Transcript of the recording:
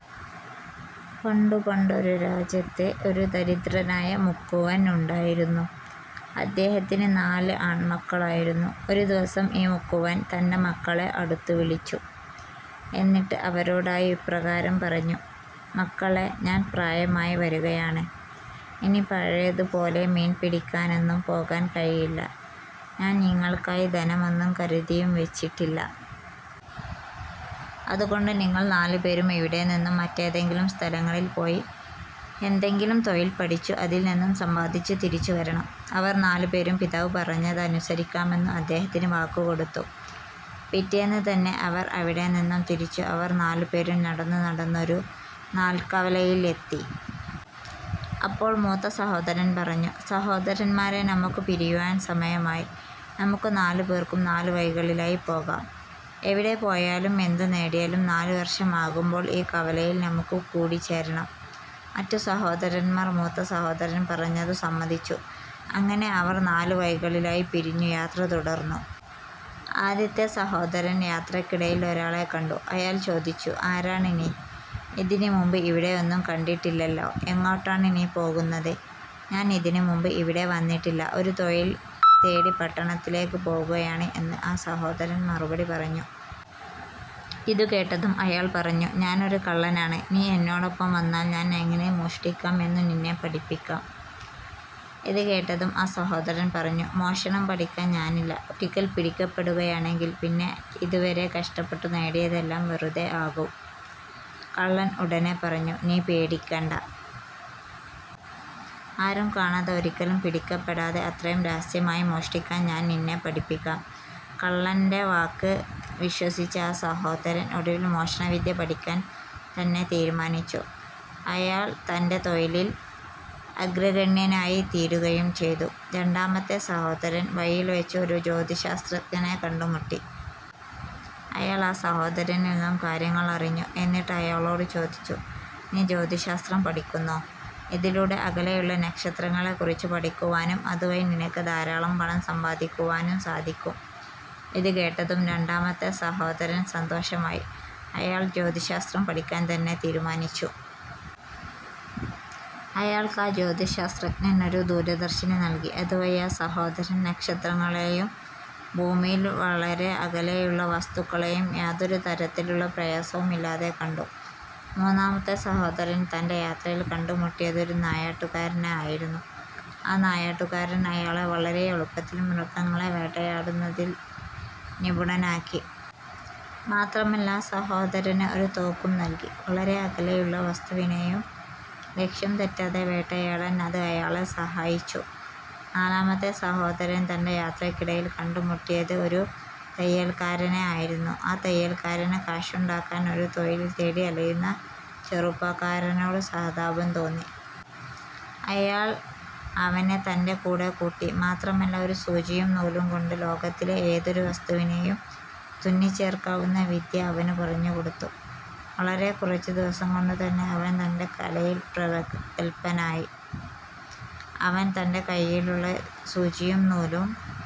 പണ്ടു പണ്ടൊരു രാജ്യത്ത് ഒരു ദരിദ്രനായ മുക്കുവൻ ഉണ്ടായിരുന്നു. അദ്ദേഹത്തിന് നാല് ആണ്മക്കളായിരുന്നു. ഒരു ദിവസം ഈ മുക്കുവൻ തന്റെ മക്കളെ അടുത്തു വിളിച്ചു. എന്നിട്ടു അവരോടായി ഇപ്രകാരം പറഞ്ഞു. "മക്കളെ, ഞാൻ പ്രായമായി വരുകയാണ്. ഇനി പഴയത് പോലെ മീൻപിടിക്കാനൊന്നും പോകാൻ കഴിയില്ല. ഞാൻ നിങ്ങൾക്കായി ധനമൊന്നും കരുതിയും വച്ചിട്ടില്ല. അതുകൊണ്ട് നിങ്ങൾ നാലു പേരും ഇവിടെ നിന്നും മറ്റേതെങ്കിലും സ്ഥലങ്ങളിൽ പോയി എന്തെങ്കിലും തൊഴിൽ പഠിച്ചു അതിൽ നിന്നും സമ്പാദിച്ചു തിരിച്ചു വരണം. " അവർ നാലുപേരും പിതാവ് പറഞ്ഞത് അനുസരിക്കാമെന്നു അദ്ദേഹത്തിന് വാക്ക് കൊടുത്തു. പിറ്റേന്ന് തന്നെ അവർ അവിടെ നിന്നും തിരിച്ചു. അവർ നാലു പേരും നടന്നു നടന്നു ഒരു നാൽക്കവലയിൽ എത്തി. അപ്പോൾ മൂത്തസഹോദരൻ പറഞ്ഞു "സഹോദരന്മാരെ നമുക്ക് പിരിയുവാൻ സമയമായി. നമുക്ക് നാലുപേർക്കും നാല് വഴികളിലായി പോകാം. എവിടെ പോയാലും എന്തു നേടിയാലും നാലു വർഷം ആകുമ്പോൾ ഈ കവലയിൽ നമുക്ക് കൂടിച്ചേരണം. " മറ്റു സഹോദരന്മാർ മൂത്ത സഹോദരൻ പറഞ്ഞതു സമ്മതിച്ചു. അങ്ങനെ അവർ നാലു വഴികളിലായി പിരിഞ്ഞു യാത്ര തുടർന്നു. ആദ്യത്തെ സഹോദരൻ യാത്രക്കിടയിൽ ഒരാളെ കണ്ടു. അയാൾ ചോദിച്ചു "ആരാണ് നീ? ഇതിനു മുൻപ് ഇവിടെ ഒന്നും കണ്ടിട്ടില്ലലോ. എങ്ങോട്ടാണ് നീ പോകുന്നത്? "ഞാൻ ഇതിനു മുൻപ് ഇവിടെ വന്നിട്ടില്ല. ഒരു തൊഴിൽ തേടി പട്ടണത്തിലേക്ക് പോകുകയാണ്. " എന്ന് ആ സഹോദരൻ മറുപടി പറഞ്ഞു. ഇതു കേട്ടതും അയാൾ പറഞ്ഞു. "ഞാനൊരു കള്ളനാണ്. നീ എന്നോടൊപ്പം വന്നാൽ ഞാൻ എങ്ങനെ മോഷ്ടിക്കാം എന്നു നിന്നെ പഠിപ്പിക്കാം. " ഇതുകേട്ടതും ആ സഹോദരൻ പറഞ്ഞു "മോഷണം പഠിക്കാൻ ഞാനില്ല. ഒരിക്കൽ പിടിക്കപ്പെടുകയാണെങ്കിൽ പിന്നെ അതുവരെ കഷ്ടപ്പെട്ടു നേടിയതെല്ലാം വെറുതെ ആകും. " കള്ളൻ ഉടനെ പറഞ്ഞു "നീ പേടിക്കണ്ട. ആരും കാണാതെ ഒരിക്കലും പിടിക്കപ്പെടാതെ അത്രയും രഹസ്യമായി മോഷ്ടിക്കാൻ ഞാൻ നിന്നെ പഠിപ്പിക്കാം. " കള്ളന്റെ വാക്ക് വിശ്വസിച്ച ആ സഹോദരൻ ഒടുവിൽ മോഷണവിദ്യ പഠിക്കാൻ തന്നെ തീരുമാനിച്ചു. അയാൾ തന്റെ തൊഴിലിൽ ആഗ്രഗണ്യനായി തീരുകയും ചെയ്തു. രണ്ടാമത്തെ സഹോദരൻ വഴിയിൽ വച്ചു ഒരു ജ്യോതിശാസ്ത്രജ്ഞനെ കണ്ടുമുട്ടി. അയാൾ ആ സഹോദരനിൽ നിന്നും കാര്യങ്ങൾ അറിഞ്ഞു. എന്നിട്ടു അയാളോട് ചോദിച്ചു "നീ ജ്യോതിശാസ്ത്രം പഠിക്കുന്നോ? ഇതിലൂടെ അകലെയുള്ള നക്ഷത്രങ്ങളെ കുറിച്ചു പഠിക്കുവാനും അതുവഴി നിനക്ക് ധാരാളം പണം സമ്പാദിക്കുവാനും സാധിക്കും. " ഇതുകേട്ടതും രണ്ടാമത്തെ സഹോദരന് സന്തോഷമായി. അയാൾ ജ്യോതിശാസ്ത്രം പഠിക്കാൻ തന്നെ തീരുമാനിച്ചു. അയാൾക്ക് ആ ജ്യോതിശാസ്ത്രജ്ഞൻ ഒരു ദൂരദർശിനി നൽകി. അതുവഴി ആ സഹോദരൻ നക്ഷത്രങ്ങളെയും ഭൂമിയിൽ വളരെ അകലെയുള്ള വസ്തുക്കളെയും യാതൊരു തരത്തിലുള്ള പ്രയാസവുമില്ലാതെ കണ്ടു. മൂന്നാമത്തെ സഹോദരൻ തന്റെ യാത്രയിൽ കണ്ടുമുട്ടിയത് ഒരു നായാട്ടുകാരനെ ആയിരുന്നു. ആ നായാട്ടുകാരൻ അയാളെ വളരെ എളുപ്പത്തിൽ മൃഗങ്ങളെ വേട്ടയാടുന്നത്തിൽ നിപുണനാക്കി. മാത്രമല്ല ആ സഹോദരന് ഒരു തോക്കും നൽകി. വളരെ അകലെയുള്ള വസ്തുവിനെയും ലക്ഷ്യം തെറ്റാതെ വേട്ടയാടാൻ അത് അയാളെ സഹായിച്ചു. നാലാമത്തെ സഹോദരൻ തന്റെ യാത്രക്കിടയിൽ കണ്ടുമുട്ടിയത് ഒരു തയ്യൽക്കാരനെ ആയിരുന്നു. ആ തയ്യൽക്കാരന് കാശുണ്ടാക്കാൻ ഒരു തൊഴിൽ തേടി അലയുന്ന ചെറുപ്പക്കാരനോട് സഹതാപം തോന്നി. അയാൾ അവനെ തന്റെ കൂടെ കൂട്ടി. മാത്രമല്ല ഒരു സൂചിയും നൂലും കൊണ്ട് ലോകത്തിലെ ഏതൊരു വസ്തുവിനെയും തുന്നിച്ചേർക്കാവുന്ന വിദ്യ അവനു പറഞ്ഞു കൊടുത്തു. വളരെ കുറച്ചു ദിവസം കൊണ്ടു തന്നെ അവൻ തന്റെ കലയിൽ പ്രഗത്ഭനായി. അവൻ തന്റെ കൈയിലുള്ള സൂചിയും നൂലും